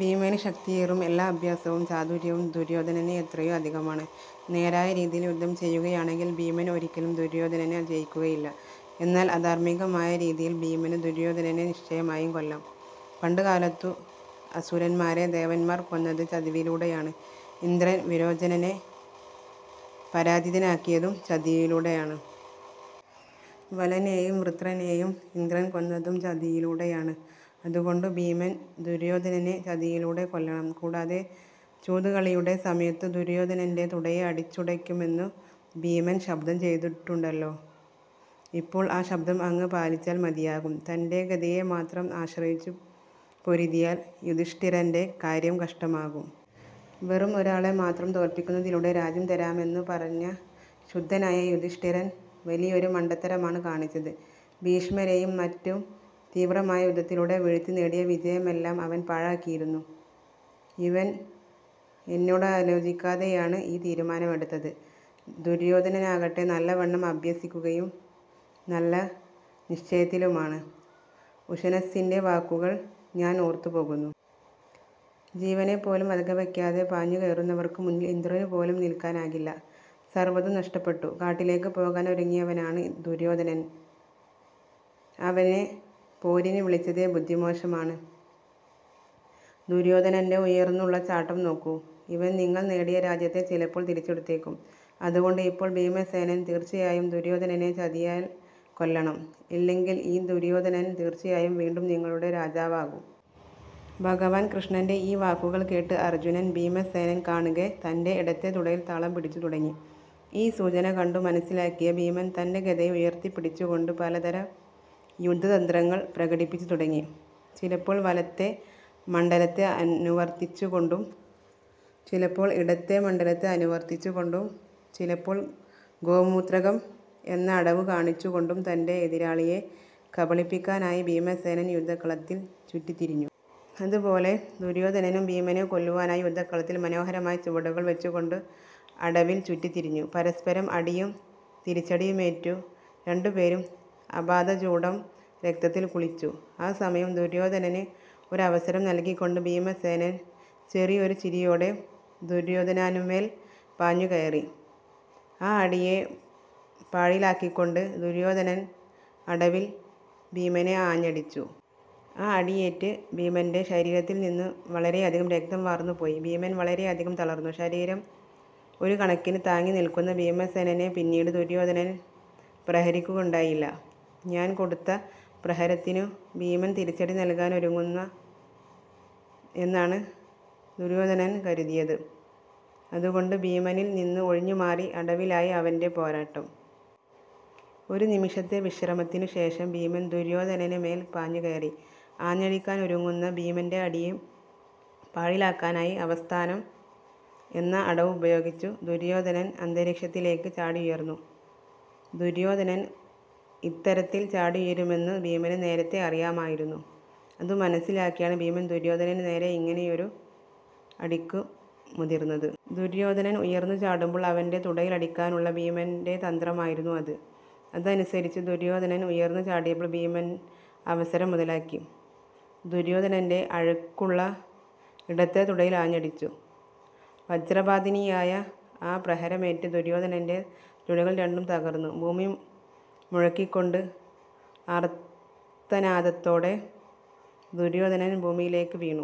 ഭീമന് ശക്തിയേറും. എന്നാൽ അഭ്യാസവും ചാതുര്യവും ദുര്യോധനന് എത്രയോ അധികമാണ്. നേരായ രീതിയിൽ യുദ്ധം ചെയ്യുകയാണെങ്കിൽ ഭീമൻ ഒരിക്കലും ദുര്യോധനനെ ജയിക്കുകയില്ല. എന്നാൽ അധാർമ്മികമായ രീതിയിൽ ഭീമന് ദുര്യോധനനെ നിശ്ചയമായും കൊല്ലാം. പണ്ട് കാലത്തു അസുരന്മാരെ ദേവന്മാർ കൊന്നത് ചതിവിലൂടെയാണ്. ഇന്ദ്രൻ വിരോചനനെ പരാജിതനാക്കിയതും ചതിയിലൂടെയാണ്. വലനെയും വൃത്രനേയും ഇന്ദ്രൻ കൊന്നതും ചതിയിലൂടെയാണ്. അതുകൊണ്ടു ഭീമൻ ദുര്യോധനനെ ചതിയിലൂടെ കൊല്ലണം. കൂടാതെ ചൂതുകളിയുടെ സമയത്തു ദുര്യോധനന്റെ തുടയെ അടിച്ചുടയ്ക്കുമെന്നു ഭീമൻ ശപഥം ചെയ്തിട്ടുണ്ടല്ലോ. ഇപ്പോൾ ആ ശപഥം അങ്ങ് പാലിച്ചാൽ മതിയാകും. തന്റെ ഗദയെ മാത്രം ആശ്രയിച്ചു പൊരുതിയാൽ യുധിഷ്ഠിരന്റെ കാര്യം കഷ്ടമാകും. വെറും ഒരാളെ മാത്രം തോല്പിക്കുന്നതിലൂടെ രാജ്യം തരാമെന്നു പറഞ്ഞ ശുദ്ധനായ യുധിഷ്ഠിരൻ വലിയൊരു മണ്ടത്തരമാണ് കാണിച്ചത്. ഭീഷ്മരെയും മറ്റും തീവ്രമായ യുദ്ധത്തിലൂടെ വീഴ്ത്തി നേടിയ വിജയമെല്ലാം അവൻ പാഴാക്കിയിരിക്കുന്നു. ഇവൻ എന്നോടാലോചിക്കാതെയാണ് ഈ തീരുമാനമെടുത്തത്. ദുര്യോധനനാകട്ടെ നല്ലവണ്ണം അഭ്യസിക്കുകയും നല്ല നിശ്ചയത്തിലുമാണ്. ഉഷനസ്സിന്റെ വാക്കുകൾ ഞാൻ ഓർത്തുപോകുന്നു. ജീവനെപ്പോലും വകവയ്ക്കാതെ പാഞ്ഞു കയറുന്നവർക്കുമുന്നിൽ ഇന്ദ്രനുപോലും നിൽക്കാനാകില്ല. സർവ്വതും നഷ്ടപ്പെട്ടു കാട്ടിലേക്ക് പോകാനൊരുങ്ങിയവനാണ് ദുര്യോധനൻ. അവനെ പോരിന് വിളിച്ചതേ ബുദ്ധിമോശമാണ്. ദുര്യോധനന്റെ ഉയർന്നുള്ള ചാട്ടം നോക്കൂ. ഇവൻ നിങ്ങൾ നേടിയ രാജ്യത്തെ ചിലപ്പോൾ തിരിച്ചെടുത്തേക്കും. അതുകൊണ്ടു ഇപ്പോൾ ഭീമസേനൻ തീർച്ചയായും ദുര്യോധനനെ ചതിയാൽ കൊല്ലണം. ഇല്ലെങ്കിൽ ഈ ദുര്യോധനൻ തീർച്ചയായും വീണ്ടും നിങ്ങളുടെ രാജാവാകും. " ഭഗവാൻ കൃഷ്ണന്റെ ഈ വാക്കുകൾ കേട്ട് അർജ്ജുനൻ ഭീമസേനൻ കാണ്കെ തന്റെ ഇടത്തെ തുടയിൽ താളം പിടിച്ചു തുടങ്ങി. ഈ സൂചന കണ്ടു മനസ്സിലാക്കിയ ഭീമൻ തന്റെ ഗദയെ ഉയർത്തിപ്പിടിച്ചുകൊണ്ടു പലതരം യുദ്ധതന്ത്രങ്ങൾ പ്രകടിപ്പിച്ചു തുടങ്ങി. ചിലപ്പോൾ വലത്തെ മണ്ഡലത്തെ അനുവർത്തിച്ചുകൊണ്ടും ചിലപ്പോൾ ഇടത്തെ മണ്ഡലത്തെ അനുവർത്തിച്ചുകൊണ്ടും ചിലപ്പോൾ ഗോമൂത്രകം എന്ന അടവ് കാണിച്ചുകൊണ്ടും തന്റെ എതിരാളിയെ കബളിപ്പിക്കാനായി ഭീമസേനൻ യുദ്ധക്കളത്തിൽ ചുറ്റിത്തിരിഞ്ഞു. അതുപോലെ ദുര്യോധനനും ഭീമനെ കൊല്ലുവാനായി യുദ്ധക്കളത്തിൽ മനോഹരമായി ചുവടുകൾ വച്ചുകൊണ്ടു അടവിൽ ചുറ്റിത്തിരിഞ്ഞു. പരസ്പരം അടിയും തിരിച്ചടിയുമേറ്റു രണ്ടുപേരും ആപാദചൂഡം രക്തത്തിൽ കുളിച്ചു. ആ സമയം ദുര്യോധനന് ഒരു അവസരം നല്കിക്കൊണ്ട് ഭീമസേനൻ ചെറിയൊരു ചിരിയോടെ ദുര്യോധനാനുമേൽ പാഞ്ഞു കയറി. ആ അടിയെ പാഴിലാക്കിക്കൊണ്ടു ദുര്യോധനൻ അടവിൽ ഭീമനെ ആഞ്ഞടിച്ചു. ആ അടിയേറ്റ് ഭീമന്റെ ശരീരത്തിൽ നിന്നും വളരെയധികം രക്തം വാർന്നു പോയി. ഭീമൻ വളരെയധികം തളർന്നു. ശരീരം ഒരു കണക്കിന് താങ്ങി നിൽക്കുന്ന ഭീമസേനനെ പിന്നീട് ദുര്യോധനൻ പ്രഹരിക്കുകയുണ്ടായില്ല. താൻ കൊടുത്ത പ്രഹരത്തിനു ഭീമൻ തിരിച്ചടി നൽകാനൊരുങ്ങുന്നു എന്നാണു ദുര്യോധനൻ കരുതിയത്. അതുകൊണ്ടു ഭീമനിൽ നിന്നും ഒഴിഞ്ഞു മാറി അടവിലായി അവന്റെ പോരാട്ടം. ഒരു നിമിഷത്തെ വിശ്രമത്തിനു ശേഷം ഭീമൻ ദുര്യോധനന് മേൽ പാഞ്ഞു കയറി. ആഞ്ഞടിക്കാനൊരുങ്ങുന്ന ഭീമന്റെ അടിയെ പാഴിലാക്കാനായി അവസ്ഥാനം എന്ന അടവുപയോഗിച്ചു ദുര്യോധനൻ അന്തരീക്ഷത്തിലേക്ക് ചാടിയുയർന്നു. ദുര്യോധനൻ ഇത്തരത്തിൽ ചാടിയുയരുമെന്നു ഭീമന് നേരത്തെ അറിയാമായിരുന്നു. അത് മനസ്സിലാക്കിയാണ് ഭീമൻ ദുര്യോധനന് നേരെ ഇങ്ങനെയൊരു അടിക്കു മുതിർന്നത്. ദുര്യോധനൻ ഉയർന്നു ചാടുമ്പോൾ അവന്റെ തുടയിലടിക്കാനുള്ള ഭീമന്റെ തന്ത്രമായിരുന്നു അത്. അതനുസരിച്ചു ദുര്യോധനൻ ഉയർന്നു ചാടിയപ്പോൾ ഭീമൻ അവസരം മുതലാക്കി ദുര്യോധനന്റെ അഴകുള്ള ഇടത്തെ തുടയിൽ ആഞ്ഞടിച്ചു. വജ്രപാതിനിയായ ആ പ്രഹരമേറ്റു ദുര്യോധനന്റെ തുടകൾ രണ്ടും തകർന്നു. ഭൂമി മുഴക്കിക്കൊണ്ട് ആർത്തനാദത്തോടെ ദുര്യോധനൻ ഭൂമിയിലേക്ക് വീണു.